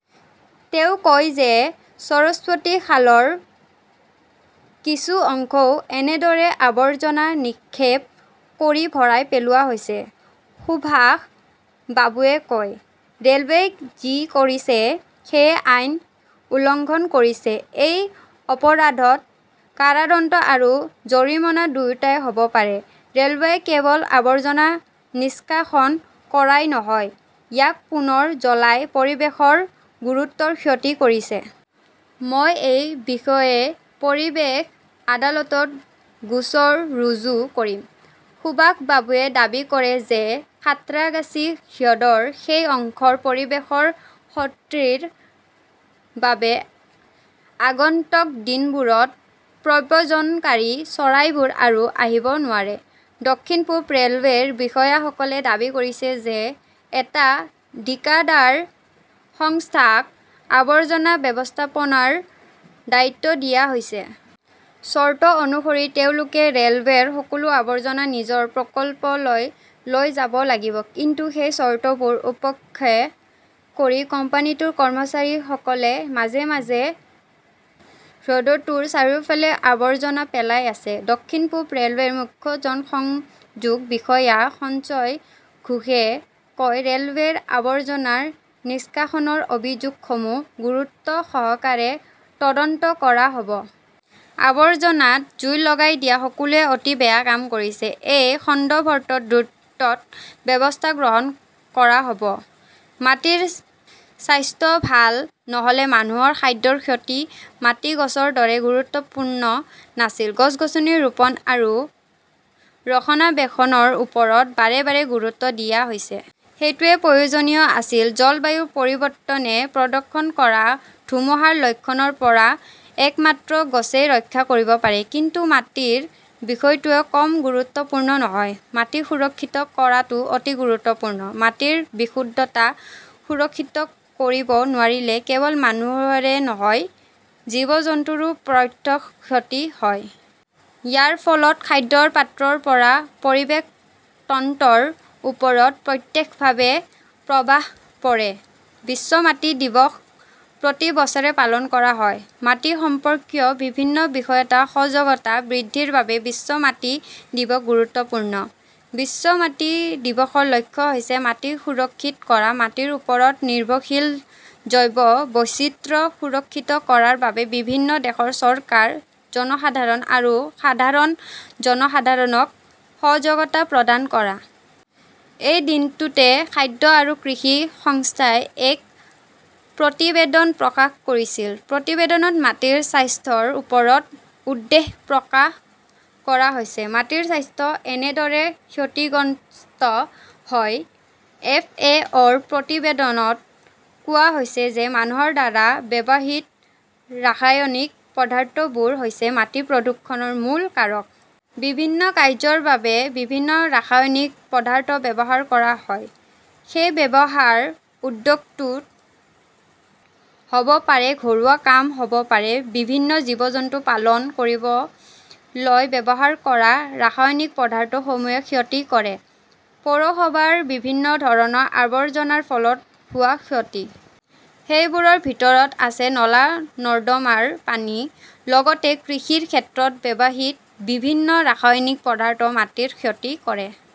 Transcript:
তেওঁ কয় যে সৰস্বতী খালৰ কিছু অংশও এনেদৰে আবৰ্জনা নিক্ষেপ কৰি ভৰাই পেলোৱা হৈছে। সুভাষ বাবুৱে কয়, ৰেলৱেই যি কৰিছে সেইয়া আইন উলংঘন কৰিছে। এই অপৰাধত কাৰাদণ্ড আৰু জৰিমনা দুয়োটাই হব পাৰে। ৰেলৱেই কেৱল আৱৰ্জনা নিষ্কাশন কৰাই নহয়, ইয়াক পুনৰ জ্বলাই পৰিৱেশৰ গুৰুতৰ ক্ষতি কৰিছে। মই এই বিষয়ে পৰিৱেশ আদালতত গোচৰ ৰুজু কৰিম। সুভাষ বাবুৱে দাবী কৰে যে সাঁত্ৰাগাছী হ্ৰদৰ সেই অংশৰ পৰিৱেশৰ ক্ষতিৰ বাবে আগন্তুক দিনবোৰত প্ৰব্ৰজনকাৰী চৰাইবোৰ আৰু আহিব নোৱাৰে। দক্ষিণ-পূব ৰেলৱেৰ বিষয়াসকলে দাবী কৰিছে যে এটা ঠিকাদাৰ সংস্থাক আৱৰ্জনা ব্যৱস্থাপনাৰ দায়িত্ব দিয়া হৈছে। চৰ্ত অনুসৰি, তেওঁলোকে ৰেলৱেৰ সকলো আৱৰ্জনা নিজৰ প্ৰকল্পলৈ লৈ যাব লাগিব। কিন্তু সেই চৰ্তবোৰ উপেক্ষা কৰি কোম্পানীটোৰ কৰ্মচাৰীসকলে মাজে-মাজে হ্ৰদটোৰ চাৰিওফালে আৱৰ্জনা পেলাই আছে। দক্ষিণ-পূব ৰেলৱেৰ মুখ্য জনসংযোগ বিষয়া সঞ্জয় ঘোষে কয়, ৰেলৱেৰ আৱৰ্জনা নিষ্কাশনৰ অভিযোগসমূহ গুৰুত্বসহকাৰে তদন্ত কৰা হব। আৱৰ্জনাত জুই লগাই দিয়া সকলোৱে অতি বেয়া কাম কৰিছে। এই সন্দৰ্ভত দ্ৰুত ব্যৱস্থা গ্ৰহণ কৰা হব। মাটিৰ স্বাস্থ্য ভাল নহলে মানুহৰ খাদ্যৰ ক্ষতি মাটি গছৰ দৰে গুৰুত্বপূৰ্ণ নাছিল। গছ-গছনি ৰোপণ আৰু ৰক্ষণাবেক্ষণৰ ওপৰত বাৰে বাৰে গুৰুত্ব দিয়া হৈছে। সেইটোও প্ৰয়োজনীয় আছিল। জলবায়ু পৰিৱৰ্তনে প্ৰদৰ্শন কৰা ধুমুহাৰ লক্ষণৰ পৰা একমাত্ৰ গছই ৰক্ষা কৰিব পাৰে। কিন্তু মাটিৰ বিষয়টোও কম গুৰুত্বপূৰ্ণ নহয়। মাটি সুৰক্ষিত কৰাটো অতি গুৰুত্বপূৰ্ণ। মাটিৰ বিশুদ্ধতা সুৰক্ষিত কৰিব নোৱাৰিলে কেৱল মানুহৰেই নহয়, জীৱ-জন্তুৰো প্ৰত্যক্ষ ক্ষতি হয়। ইয়াৰ ফলত খাদ্যৰ পাত্ৰৰ পৰা পৰিৱেশ তন্ত্ৰৰ ওপৰত প্ৰত্যক্ষভাৱে প্ৰভাৱ পৰে। 'বিশ্ব মাটি দিৱস'প্ৰতি বছৰে পালন কৰা হয়। মাটি সম্পৰ্কীয় বিভিন্ন বিষয়ত সজাগতা বৃদ্ধিৰ বাবে 'বিশ্ব মাটি দিৱস'গুৰুত্বপূৰ্ণ।'বিশ্ব মাটি দিৱস'ৰ লক্ষ্য হৈছে মাটি সুৰক্ষিত কৰা, মাটিৰ ওপৰত নিৰ্ভৰশীল জৈৱ বৈচিত্ৰ্য সুৰক্ষিত কৰাৰ বাবে বিভিন্ন দেশৰ চৰকাৰ, জনসাধাৰণ আৰু সাধাৰণ জনসাধাৰণক সজাগতা প্ৰদান কৰা। এই দিনটোতে খাদ্য আৰু কৃষি সংস্থাই এক প্ৰতিবেদন প্ৰকাশ কৰিছিল। প্ৰতিবেদনত মাটিৰ স্বাস্থ্যৰ ওপৰত উদ্বেগ প্ৰকাশ কৰা হৈছে। মাটিৰ স্বাস্থ্য কেনেদৰে ক্ষতিগ্ৰস্ত হয়? এফ. এ. অ -ৰ প্ৰতিবেদনত কোৱা হৈছে যে মানুহৰ দ্বাৰা ব্যৱহৃত ৰাসায়নিক পদাৰ্থবোৰ হৈছে মাটি প্ৰদূষণৰ মূল কাৰক। বিভিন্ন কাৰ্য্যৰ বাবে বিভিন্ন ৰাসায়নিক পদাৰ্থ ব্যৱহাৰ কৰা হয়। সেই ব্যৱহাৰ উদ্যোগটোত হ 'ব পাৰে, ঘৰুৱা কাম হ ব পাৰে। বিভিন্ন জীৱ-জন্তু পালন কৰিবলৈ ব্যৱহাৰ কৰা ৰাসায়নিক পদাৰ্থসমূহেও ক্ষতি কৰে। পৌৰসভাৰ বিভিন্ন ধৰণৰ আৱৰ্জনাৰ ফলত হোৱা ক্ষতি। সেইবোৰৰ ভিতৰত আছে নলা-নৰ্দমাৰ পানী। লগতে কৃষিৰ ক্ষেত্ৰত ব্যৱহৃত বিভিন্ন ৰাসায়নিক পদাৰ্থই মাটিৰ ক্ষতি কৰে।